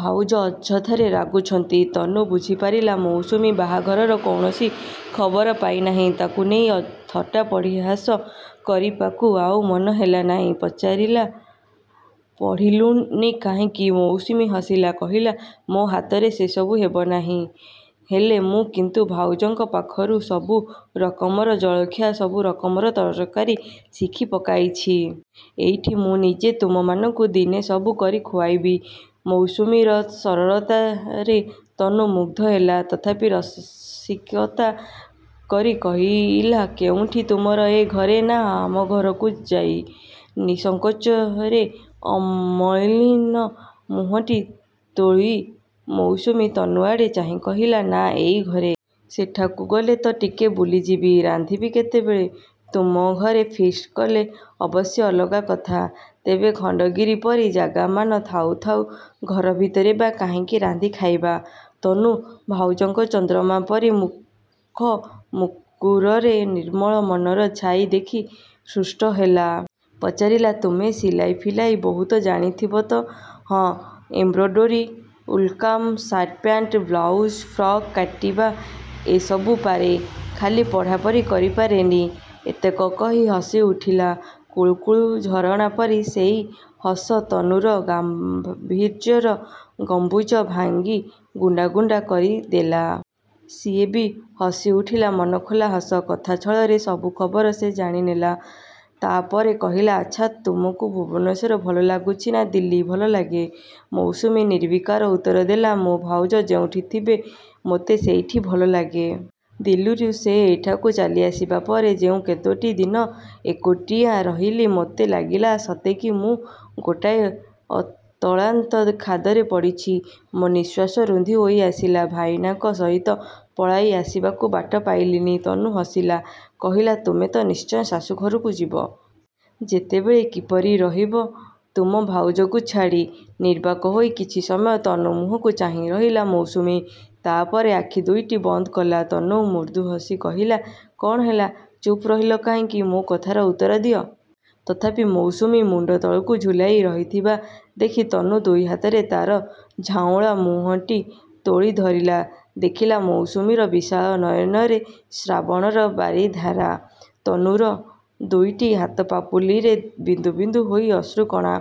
ଭାଉଜ ଅଯଥାରେ ରାଗୁଛନ୍ତି। ତନୁ ବୁଝିପାରିଲା ମୌସୁମୀ ବାହାଘରର କୌଣସି ଖବର ପାଇନାହିଁ। ତାକୁ ନେଇ ଥଟ୍ଟା ପରିହାସ କରିବାକୁ ଆଉ ମନ ହେଲାନାହିଁ। ପଚାରିଲା ପଢ଼ିଲୁନି କାହିଁକି? ମୌସୁମୀ ହସିଲା। କହିଲା ମୋ ହାତରେ ସେ ସବୁ ହେବନାହିଁ। ହେଲେ ମୁଁ କିନ୍ତୁ ଭାଉଜଙ୍କ ପାଖରୁ ସବୁ ରକମର ଜଳଖିଆ, ସବୁ ରକମର ତରକାରୀ ଶିଖି ପକାଇଛି। ଏଇଠି ମୁଁ ନିଜେ ତୁମମାନଙ୍କୁ ଦିନେ ସବୁ କରି ଖୁଆଇବି। ମୌସୁମୀର ସରଳତାରେ ତନୁ ମୁଗ୍ଧ ହେଲା। ତଥାପି ରସିକତା କରି କହିଲା କେଉଁଠି, ତୁମର ଏ ଘରେ ନା ଆମ ଘରକୁ ଯାଇ? ନିଃସଙ୍କୋଚରେ ଅମଳିନ ମୁହଁଟି ତୋଳି ମୌସୁମୀ ତନୁ ଆଡ଼େ ଚାହିଁ କହିଲା ନା, ଏଇ ଘରେ। ସେଠାକୁ ଗଲେ ତ ଟିକେ ବୁଲିଯିବି। ରାନ୍ଧିବି କେତେବେଳେ? ତୁମ ଘରେ ଫିଷ୍ଟ୍ କଲେ ଅବଶ୍ୟ ଅଲଗା କଥା। ତେବେ ଖଣ୍ଡଗିରି ପରି ଜାଗାମାନ ଥାଉ ଥାଉ ଘର ଭିତରେ ବା କାହିଁକି ରାନ୍ଧି ଖାଇବା! ତନୁ ଭାଉଜଙ୍କ ଚନ୍ଦ୍ରମା ପରି ମୁଖମୁକୁରରେ ନିର୍ମଳ ମନର ଛାଇ ଦେଖି ହୃଷ୍ଟ ହେଲା। ପଚାରିଲା ତୁମେ ସିଲାଇ ଫିଲାଇ ବହୁତ ଜାଣିଥିବ ତ? ହଁ, ଏମ୍ବ୍ରୋଡୋରୀ, ଉଲ୍‌କାମ, ସାର୍ଟ-ପ୍ୟାଣ୍ଟ, ବ୍ଲାଉଜ୍, ଫ୍ରକ୍ କାଟିବା ଏଇ ସବୁ ପାରେ। ଖାଲି ପଢ଼ାପଢ଼ି କରି ପାରେନି । ଏତକ କହି ହସିଉଠିଲା। କୁଳୁକୁଳୁ ଝରଣା ପରି ସେଇ ହସ ତନୁର ଗାମ୍ଭୀର୍ଯ୍ୟର ଗମ୍ବୁଜ ଭାଙ୍ଗି ଗୁଣ୍ଡା ଗୁଣ୍ଡା କରିଦେଲା। ସିଏ ବି ହସିଉଠିଲା ମନଖୋଲା ହସ। କଥା ଛଳରେ ସବୁ ଖବର ସେ ଜାଣିନେଲା। ତା’ପରେ କହିଲା ଆଚ୍ଛା, ତୁମକୁ ଭୁବନେଶ୍ୱର ଭଲ ଲାଗୁଛି ନା ଦିଲ୍ଲୀ ଭଲ ଲାଗେ? ମୌସୁମୀ ନିର୍ବିକାର ଉତ୍ତର ଦେଲା ମୋ ଭାଉଜ ଯେଉଁଠି ଥିବେ, ମୋତେ ସେଇଠି ଭଲ ଲାଗେ। ଦିଲ୍ଲୀରୁ ସେ ଏଠାକୁ ଚାଲିଆସିବା ପରେ ଯେଉଁ କେତୋଟି ଦିନ ଏକୁଟିଆ ରହିଲି, ମୋତେ ଲାଗିଲା ସତେକି ମୁଁ ଗୋଟାଏ ଅତଳାନ୍ତ ଖାଦରେ ପଡ଼ିଛି। ମୋ ନିଃଶ୍ୱାସ ରୁନ୍ଧି ହୋଇଆସିଲା। ଭାଇନାଙ୍କ ସହିତ ପଳାଇ ଆସିବାକୁ ବାଟ ପାଇଲିନି। ତନୁ ହସିଲା। କହିଲା ତୁମେ ତ ନିଶ୍ଚୟ ଶାଶୂଘରକୁ ଯିବ। ସେତେବେଳେ କିପରି ରହିବ ତୁମ ଭାଉଜଙ୍କୁ ଛାଡ଼ି? ନିର୍ବାକ୍ ହୋଇ କିଛି ସମୟ ତନୁ ମୁହଁକୁ ଚାହିଁ ରହିଲା ମୌସୁମୀ। ତା’ ପରେ ଆଖି ଦୁଇଟି ବନ୍ଦ କଲା। ତନୁ ମୃଦୁ ହସି କହିଲା କ’ଣ ହେଲା, ଚୁପ୍ ରହିଲ କାହିଁକି? ମୋ କଥାର ଉତ୍ତର ଦିଅ। ତଥାପି ମୌସୁମୀ ମୁଣ୍ଡ ତଳକୁ ଝୁଲାଇ ରହିଥିବା ଦେଖି ତନୁ ଦୁଇ ହାତରେ ତା’ର ଝାଉଁଳା ମୁହଁଟି ତୋଳି ଧରିଲା। ଦେଖିଲା ମୌସୁମୀର ବିଶାଳ ନୟନରେ ଶ୍ରାବଣର ବାରିଧାରା। ତନୁର ଦୁଇଟି ହାତପାପୁଲିରେ ବିନ୍ଦୁ ବିନ୍ଦୁ ହୋଇ ଅଶ୍ରୁକଣା।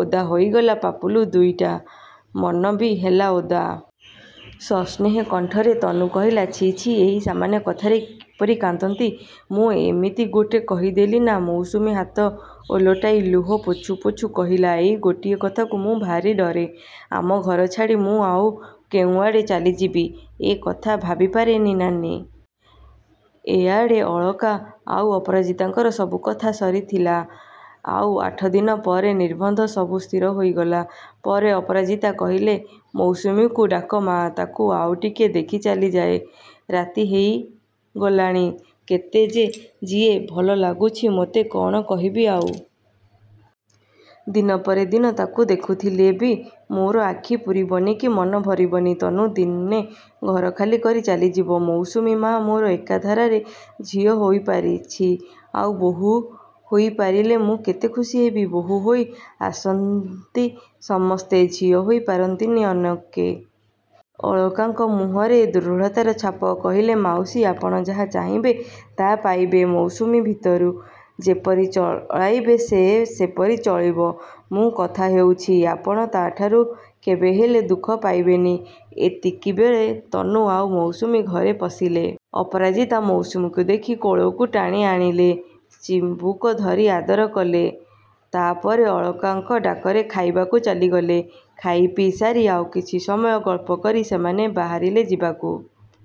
ଓଦା ହୋଇଗଲା ପାପୁଲୁ ଦୁଇଟି। ମନ ବି ହେଲା ଓଦା। ସସ୍ନେହ କଣ୍ଠରେ ତନୁ କହିଲା ଛି ଛି, ଏ ସାମାନ୍ୟ କଥାରେ ଏପରି କାନ୍ଦନ୍ତି? ମୁଁ ଏମିତି ଗୋଟେ କହିଦେଲି ନା! ମୌସୁମୀ ହାତ ଓଲଟାଇ ଲୁହ ପୋଛୁ ପୋଛୁ କହିଲା ଏଇ ଗୋଟିଏ କଥାକୁ ମୁଁ ଭାରି ଡରେ। ଆମ ଘର ଛାଡ଼ି ମୁଁ ଆଉ କେଉଁଆଡ଼େ ଚାଲିଯିବି, ଏ କଥା ଭାବିପାରେନି ନାନୀ। ଏଆଡ଼େ ଅଳକା ଆଉ ଅପରାଜିତାଙ୍କର ସବୁ କଥା ସରିଥିଲା। ଆଉ ଆଠ ଦିନ ପରେ ନିର୍ବନ୍ଧ। ସବୁ ସ୍ଥିର ହୋଇଗଲା ପରେ ଅପରାଜିତା କହିଲେ ମୌସୁମୀକୁ ଡାକ ମାଆ, ତାକୁ ଆଉ ଟିକେ ଦେଖି ଚାଲିଯାଏ। ରାତି ହୋଇଗଲାଣି। କେତେ ଯେ ଯିଏ ଭଲ ଲାଗୁଛି ମୋତେ, କ’ଣ କହିବି ଆଉ! ଦିନ ପରେ ଦିନ ତାକୁ ଦେଖୁଥିଲେ ବି ମୋର ଆଖି ପୁରିବନି କି ମନ ଭରିବନି। ତନୁ ଦିନେ ଘର ଖାଲି କରି ଚାଲିଯିବ। ମୌସୁମୀ ମାଆ ମୋର ଏକାଧାରରେ ଝିଅ ହୋଇପାରିଛି, ଆଉ ବୋହୂ ହୋଇପାରିଲେ ମୁଁ କେତେ ଖୁସି ହେବି! ବୋହୂ ହୋଇ ଆସନ୍ତି ସମସ୍ତେ, ଝିଅ ହୋଇ ପାରନ୍ତିନି ଅନେକେ। ଅଳକାଙ୍କ ମୁହଁରେ ଦୃଢ଼ତାର ଛାପ। କହିଲେ ମାଉସୀ, ଆପଣ ଯାହା ଚାହିଁବେ ତା’ ପାଇବେ ମୌସୁମୀ ଭିତରୁ। ଯେପରି ଚଳାଇବେ ସେ ସେପରି ଚଳିବ। ମୁଁ କଥା ଦେଉଛି, ଆପଣ ତା’ଠାରୁ କେବେହେଲେ ଦୁଃଖ ପାଇବେନି। ଏତିକିବେଳେ ତନୁ ଆଉ ମୌସୁମୀ ଘରେ ପଶିଲେ। ଅପରାଜିତା ମୌସୁମୀକୁ ଦେଖି କୋଳକୁ ଟାଣିଆଣିଲେ। ଚିବୁକ ଧରି ଆଦର କଲେ। ତା’ପରେ ଅଳକାଙ୍କ ଡାକରେ ଖାଇବାକୁ ଚାଲିଗଲେ। ଖାଇପିଇ ସାରି, ଆଉ କିଛି ସମୟ ଗଳ୍ପ କରି ସେମାନେ ବାହାରିଲେ ଯିବାକୁ।